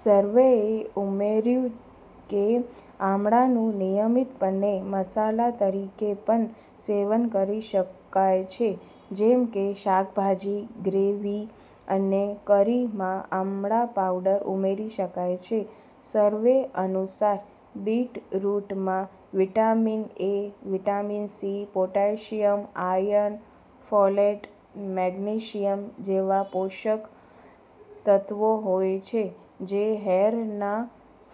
સર્વેએ ઉમેર્યું કે આમળાનું નિયમિતપણે મસાલા તરીકે પણ સેવન કરી શકાય છે જેમ કે શાકભાજી, ગ્રેવી અને કરીમાં આમળા પાવડર ઉમેરી શકાય છે. સર્વે અનુસાર, બીટરૂટમાં vitamin A, vitamin C, potassium, iron, folate, magnesium જેવા પોષક તત્વો હોય છે જે હેયરના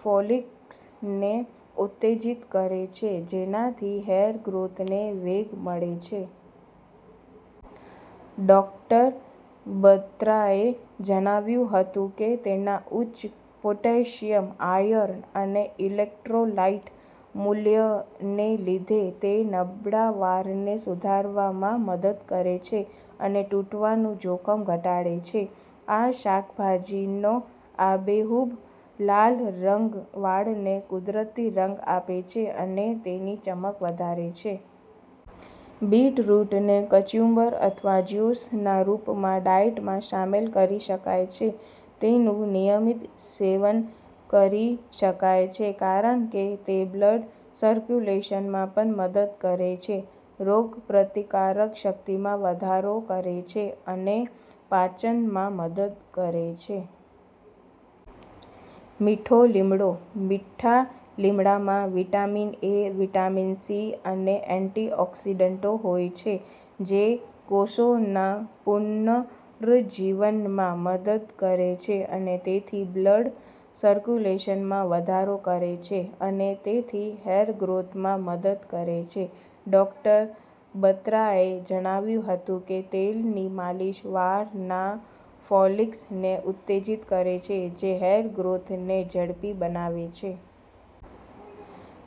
ફોલિકલ્સને ઉત્તેજિત કરે છે જેનાથી હેયરગ્રોથને વેગ મળે છે. ડોક્ટર બત્રાએ જણાવ્યું હતું કે, તેના ઉચ્ચ પોટેશિયમ, આયર્ન અને ઇલેક્ટ્રોલાઇટ મૂલ્યને લીધે, તે નબળા વાળને સુધારવામાં મદદ કરે છે અને તૂટવાનું જોખમ ઘટાડે છે. આ શાકભાજીનો આબેહૂબ લાલ રંગ વાળને કુદરતી રંગ આપે છે અને તેની ચમક વધારે છે. બીટરૂટને કચુંબર અથવા જ્યુસના રૂપમાં ડાયટમાં સામેલ કરી શકાય છે. તેનું નિયમિત સેવન કરી શકાય છે કારણ કે તે બ્લડ સર્ક્યુલેશનમાં પણ મદદ કરે છે, રોગપ્રતિકારક શક્તિમાં વધારો કરે છે અને પાચનમાં મદદ કરે છે. મીઠો લીમડો, મીઠા લીમડામાં વિટામિન એ, વિટામિન સી અને એન્ટીઑકિસડન્ટો હોય છે જે કોષોના પુનર્જીવનમાં મદદ કરે છે અને તેથી બ્લડ સર્ક્યુલેશનમાં વધારો કરે છે અને તેથી હેયરગ્રોથમાં મદદ કરે છે. ડોક્ટર બત્રાએ જણાવ્યું હતું કે, " તેલની માલિશ વાળના ફોલિકલ્સને ઉત્તેજિત કરે છે, જે હેયરગ્રોથને ઝડપી બનાવે છે.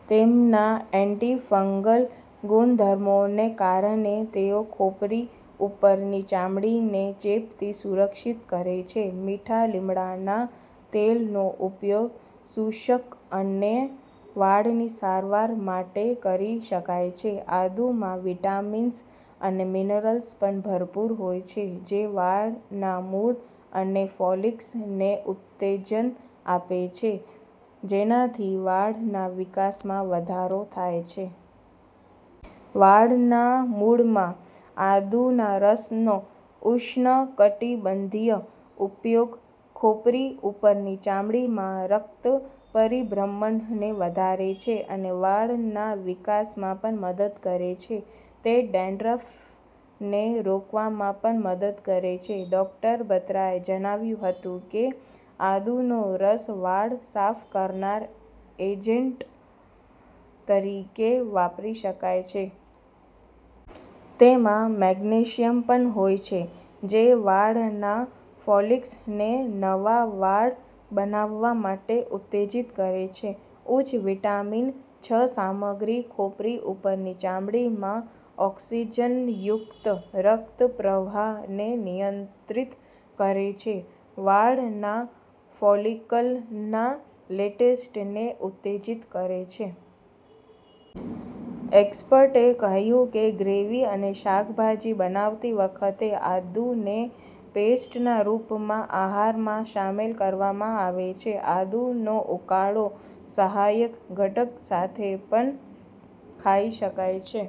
તેમના એન્ટી-ફંગલ ગુણધર્મોને કારણે, તેઓ ખોપરી ઉપરની ચામડીને ચેપથી સુરક્ષિત કરે છે. મીઠા લીમડાના તેલનો ઉપયોગ શુષ્ક અને વાળની સારવાર માટે કરી શકાય છે. " આદુ માં વિટામિન્સ અને મિનરલ્સ પણ ભરપૂર હોય છે જે વાળના મૂળ અને ફોલિકલ્સને ઉત્તેજન આપે છે જેનાથી વાળના વિકાસમાં વધારો થાય છે. વાળના મૂળમાં આદુના રસનો ઉષ્ણકટિબંધીય ઉપયોગ ખોપરી ઉપરની ચામડીમાં રક્ત પરિભ્રમણને વધારે છે અને વાળના વિકાસમાં પણ મદદ કરે છે, તે ડેન્ડ્રફને રોકવામાં પણ મદદ કરે છે. ડોક્ટર બત્રાએ જણાવ્યું હતું કે, "આદુનો રસ વાળ સાફ કરનાર એજન્ટ તરીકે વાપરી શકાય છે. તેમાં મેગ્નેશિયમ પણ હોય છે, જે વાળના ફોલિકલ્સને નવા વાળ બનાવવા માટે ઉત્તેજિત કરે છે. ઉચ્ચ વિટામિન છ સામગ્રી ખોપરી ઉપરની ચામડીમાં ઓક્સિજનયુક્ત રક્ત પ્રવાહને નિયંત્રિત કરે છે, વાળના ફોલિકલના લેટેસ્ટને ઉત્તેજિત કરે છે. " એક્સપર્ટએ કહ્યું કે, ગ્રેવી અને શાકભાજી બનાવતી વખતે આદુને પેસ્ટના રૂપમાં આહારમાં સામેલ કરવામાં આવે છે. આદુનો ઉકાળો સહાયક ઘટક સાથે પણ ખાઈ શકાય છે.